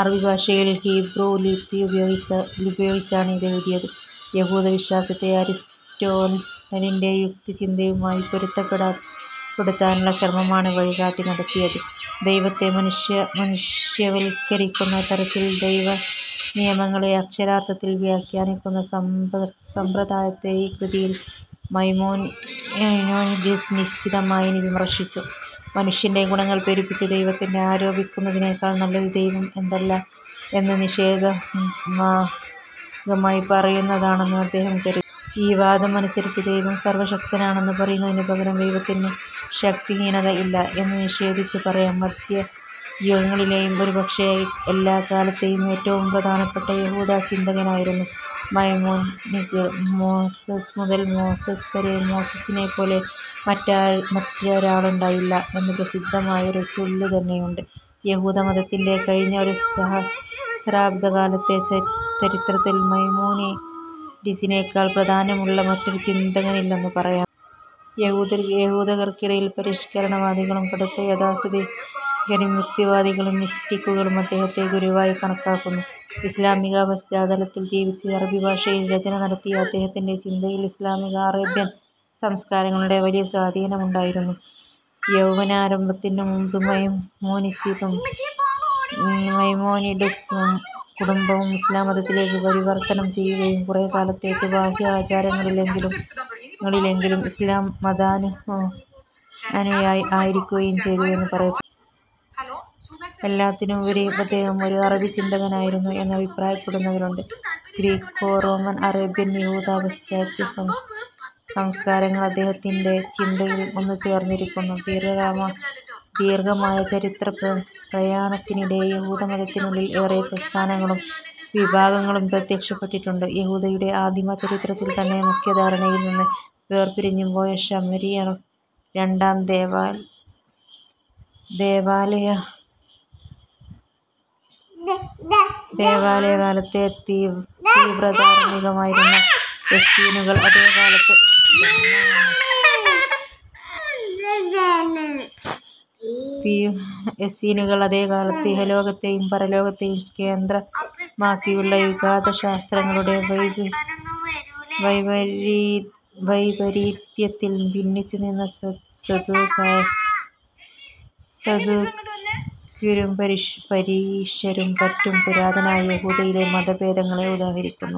അറബി ഭാഷയിൽ, ഹീബ്രൂ ലിപി ഉപയോഗിച്ചാണ് ഇതെഴുതിയത്. യഹൂദവിശ്വാസത്തെ അരിസ്റ്റോട്ടലിന്റെ യുക്തിചിന്തയുമായി പൊരുത്തപ്പെടുത്താനുള്ള ശ്രമമാണ് 'വഴികാട്ടി' നടത്തിയത്. ദൈവത്തെ മനുഷ്യവൽക്കരിക്കുന്ന തരത്തിൽ ദൈവനിയമങ്ങളെ അക്ഷരാർഥത്തിൽ വ്യാഖ്യാനിക്കുന്ന സമ്പ്രദായത്തെ ഈ കൃതിയിൽ മൈമോനിഡിസ് നിശിതമായി വിമർശിച്ചു. മനുഷ്യന്റെ ഗുണങ്ങൾ പെരുപ്പിച്ച് ദൈവത്തിൽ അരോപിക്കുന്നതിനേക്കാൾ നല്ലത്, ദൈവം എന്തല്ല എന്നു നിഷേധാത്മകമായി പറയുന്നതാണെന്ന് അദ്ദേഹം കരുതി. ഈ വാദം അനുസരിച്ച്, ദൈവം സർവശക്തനാണെന്നു പറയുന്നതിനു പകരം "ദൈവത്തിനു ശക്തിഹീനത ഇല്ല" എന്നു നിഷേധിച്ച് പറയാം. മദ്ധ്യയുഗങ്ങളിലെയും, ഒരുപക്ഷേ എല്ലാക്കാലത്തേയും, ഏറ്റവും പ്രധാനപ്പെട്ട യഹൂദചിന്തകനായിരുന്നു മൈമോനിഡിസ്. "മോസസ് മുതൽ മോസസ് വരെ മോസസിനെപ്പോലെ മറ്റൊരാളുണ്ടായില്ല" എന്ന് പ്രസിദ്ധമായൊരു ചൊല്ലു തന്നെയുണ്ട്. യഹൂദമതത്തിന്റെ കഴിഞ്ഞ ഒരു സഹസ്രാബ്ദക്കാലത്തെ ചരിത്രത്തിൽ മൈമോനിഡിസിനെക്കാൾ പ്രധാന്യമുള്ള മറ്റൊരു ചിന്തകനില്ലെന്നു പറയാം. യഹൂദർക്കിടയിൽ പരിഷ്കരണവാദികളും കടുത്ത യാഥാസ്ഥിതികരും യുക്തിവാദികളും മിസ്റ്റിക്കുകളും അദ്ദേഹത്തെ ഗുരുവായി കണക്കാക്കുന്നു. ഇസ്ലാമിക പാശ്ചാത്തലത്തിൽ ജീവിച്ച് അറബി ഭാഷയിൽ രചനനടത്തിയ അദ്ദേഹത്തിന്റെ ചിന്തയിൽ ഇസ്ലാമിക-അറേബ്യൻ സംസ്കാരങ്ങളുടെ വലിയ സ്വാധീനമുണ്ടായിരുന്നു. യൗവനാരംഭത്തിനുമുൻപ് മൈമോനിഡിസും കുടുംബവും ഇസ്ലാം മതത്തിലേക്ക് പരിവർത്തനം ചെയ്യുകയും കുറേക്കാലത്തേക്ക്, ബാഹ്യ ആചാരങ്ങളിലെങ്കിലും ഇസ്ലാം മതാനുയായി ആയിരിക്കുകയും ചെയ്തു എന്ന് പറയപ്പെടുന്നു. എല്ലാത്തിനുമുപരി അദ്ദേഹം ഒരു അറബി ചിന്തകനായിരുന്നു എന്ന് അഭിപ്രായപ്പെടുന്നവരുണ്ട്. ഗ്രീക്കോറോമൻ, അറേബ്യൻ, യഹൂദ, പാശ്ചാത്യ സംസ്കാരങ്ങൾ അദ്ദേഹത്തിന്റെ ചിന്തയിൽ ഒന്നുചേർന്നിരിക്കുന്നു. ദീർഘമായ ചരിത്രപ്രയാണത്തിനിടെ യഹുദമതത്തിനുള്ളിൽ ഏറെ പ്രസ്ഥാനങ്ങളും വിഭാഗങ്ങളും പ്രത്യക്ഷപ്പെട്ടിട്ടുണ്ട്. യഹൂദതയുടെ ആദിമചരിത്രത്തിൽ തന്നെ മുഖ്യധാരയിൽ നിന്നു വേർപിരിഞ്ഞുപോയ ശമരിയർ, രണ്ടാംദേവാലയകാലത്തെ തീവ്രധാർമ്മികരായിരുന്ന എസ്സീനുകൾ, അതേകാലത്ത് ഇഹലോകത്തേയും പരലോകത്തേയും കേന്ദ്രമാക്കിയുള്ള യുഗാന്തശാസ്ത്രങ്ങളുടെ വൈപരീത്യത്തിൽ ഭിന്നിച്ചു നിന്ന സദൂക്യരും പരീശരും മറ്റും പുരാതനയഹൂദതയിലെ മതഭേദങ്ങളെ ഉദാഹരിക്കുന്നു.